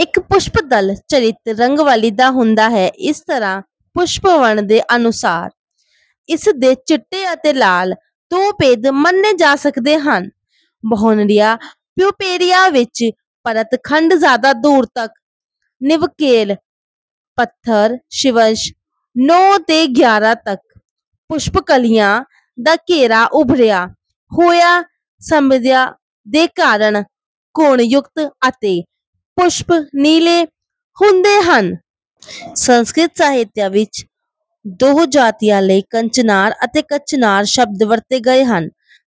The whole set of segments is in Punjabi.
ਇੱਕ ਪੁਸ਼ਪਦਲ ਚਰਿੱਤ ਵਾਲੀ ਰੰਗਾਵਲੀ ਦਾ ਹੁੰਦਾ ਹੈ। ਇਸ ਤਰ੍ਹਾਂ ਪੁਸ਼ਪ ਵਰਣ ਦੇ ਅਨੁਸਾਰ ਇਸ ਦੇ ਚਿੱਟਾ ਅਤੇ ਲਾਲ—ਦੋ ਭੇਦ ਮੰਨੇ ਜਾ ਸਕਦੇ ਹਨ। ਬੌਹਨਰਿਆ ਪਰਪਿਊਰਿਆ ਵਿੱਚ ਪੱਰਤ-ਖੰਡ ਜ਼ਿਆਦਾ ਦੂਰ ਤੱਕ ਨਿਵੇਕਲੇ, ਪੱਥਰ-ਸ਼ਿਵਸ਼ ਨੌ ਤੋਂ ਗਿਆਰਾਂ ਤੱਕ, ਪੁਸ਼ਪ ਕਲੀਆਂ ਦਾ ਘੇਰਾ ਉਭਰੀਆਂ ਹੋਈਆਂ ਸੰਬਦਿਆਂ ਦੇ ਕਾਰਨ ਕੋਣਯੁਕਤ ਅਤੇ ਪੁਸ਼ਪ ਨੀਲੇ ਹੁੰਦੇ ਹਨ। ਸੰਸਕ੍ਰਿਤ ਸਾਹਿਤ ਵਿੱਚ ਦੋਹਾਂ ਜਾਤੀਆਂ ਲਈ 'ਕਾਂਚਨਾਰ' ਅਤੇ 'ਕਚਨਾਰ' ਸ਼ਬਦ ਵਰਤੇ ਗਏ ਹਨ,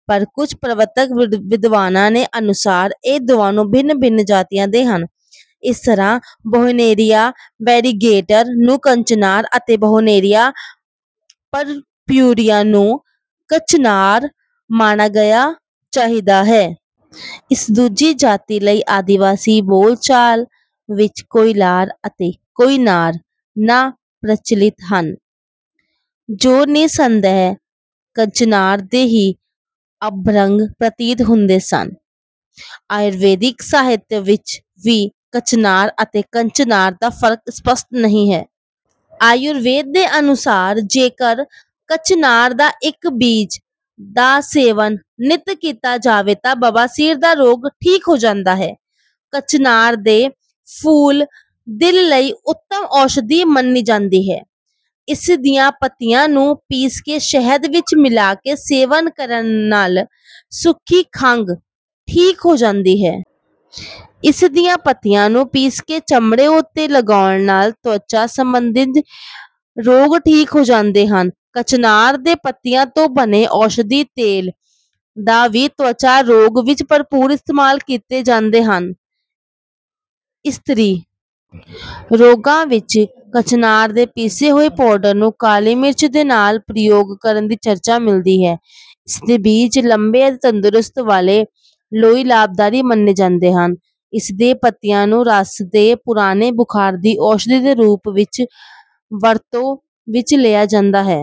ਪਰ ਕੁਝ ਪਰਵਰਤੀ ਵਿਦਵਾਨਾਂ ਦੇ ਅਨੁਸਾਰ ਇਹ ਦੋਵੇਂ ਨਾਮ ਭਿੰਨ-ਭਿੰਨ ਜਾਤੀਆਂ ਦੇ ਹਨ। ਇਸ ਤਰ੍ਹਾਂ ਬੌਹਨੇਰੀਆ ਵੈਰੀਗੇਟਾ ਨੂੰ ਕਾਂਚਨਾਰ ਅਤੇ ਬੌਹਨੇਰੀਆ ਪਰਪਿਊਰਿਆ ਨੂੰ ਕਚਨਾਰ ਮੰਨਣਾ ਚਾਹੀਦਾ ਹੈ। ਇਸ ਦੂਜੀ ਜਾਤੀ ਲਈ ਆਦਿਵਾਸੀ ਬੋਲ-ਚਾਲ ਵਿੱਚ 'ਕੋਇਲਾਰ' ਅਤੇ 'ਕੋਇਨਾਰ' ਨਾਮ ਪ੍ਰਚਲਿਤ ਹਨ, ਜੋ ਨਿਰਸੰਦੇਹ ਕਚਨਾਰ ਦੇ ਹੀ ਅਪਰੰਗ ਪ੍ਰਤੀਤ ਹੁੰਦੇ ਸਨ। ਆਯੁਰਵੈਦਿਕ ਸਾਹਿਤ ਵਿੱਚ ਵੀ ਕਚਨਾਰ ਅਤੇ ਕੰਚਨਾਰ ਦਾ ਫ਼ਰਕ ਸਪੱਸ਼ਟ ਨਹੀਂ ਹੈ। ਆਯੁਰਵੇਦ ਦੇ ਅਨੁਸਾਰ, ਜੇਕਰ ਕਚਨਾਰ ਦੇ ਇੱਕ ਬੀਜ ਦਾ ਸੇਵਨ ਨਿੱਤ ਕੀਤਾ ਜਾਵੇ ਤਾਂ ਬਵਾਸੀਰ ਦਾ ਰੋਗ ਠੀਕ ਹੋ ਜਾਂਦਾ ਹੈ। ਕਚਨਾਰ ਦੇ ਫੁੱਲਦਿਲ ਲਈ ਉੱਤਮ ਔਸ਼ਧੀ ਮੰਨੇ ਜਾਂਦੇ ਹਨ। ਇਸ ਦੀਆਂ ਪੱਤੀਆਂ ਨੂੰ ਪੀਸ ਕੇ ਸ਼ਹਿਦ ਵਿੱਚ ਮਿਲਾ ਕੇ ਸੇਵਨ ਕਰਨ ਨਾਲ ਸੁੱਕੀ ਖੰਘ ਠੀਕ ਹੋ ਜਾਂਦੀ ਹੈ। ਇਸ ਦੀਆਂ ਪੱਤੀਆਂ ਨੂੰ ਪੀਹ ਕੇ ਚਮੜੀ ਉੱਤੇ ਲਗਾਉਣ ਨਾਲ ਤਵਚਾ ਸੰਬੰਧੀ ਰੋਗ ਠੀਕ ਹੋ ਜਾਂਦੇ ਹਨ। ਕਚਨਾਰ ਦੇ ਪੱਤਿਆਂ ਤੋਂ ਬਣੇ ਔਸ਼ਧੀ ਤੇਲ ਦਾ ਵੀ ਤਵਚਾ ਰੋਗਾਂ ਵਿੱਚ ਭਰਪੂਰ ਇਸਤੇਮਾਲ ਕੀਤਾ ਜਾਂਦਾ ਹੈ। ਇਸਤਰੀ ਰੋਗਾਂ ਵਿੱਚ ਕਚਨਾਰ ਦੀ ਪੀਸੀ ਹੋਈ ਪਾਊਡਰ ਨੂੰ ਕਾਲੀ ਮਿਰਚ ਦੇ ਨਾਲ ਪ੍ਰਯੋਗ ਕਰਨ ਦਾ ਚਰਚਾ ਮਿਲਦਾ ਹੈ। ਇਸ ਦੇ ਬੀਜ ਲੰਬੇ ਅਤੇ ਤੰਦਰੁਸਤ ਵਾਲੇ ਲਈ ਲਾਭਦਾਇਕ ਮੰਨੇ ਗਏ ਹਨ। ਇਸ ਦੇ ਪੱਤਿਆਂ ਦੇ ਰਸ ਨੂੰ ਪੁਰਾਣੇ ਬੁਖ਼ਾਰ ਦੀ ਔਸ਼ਧੀ ਦੇ ਰੂਪ ਵਿੱਚ ਵਰਤੋਂ ਵਿੱਚ ਲਿਆਇਆ ਜਾਂਦਾ ਹੈ।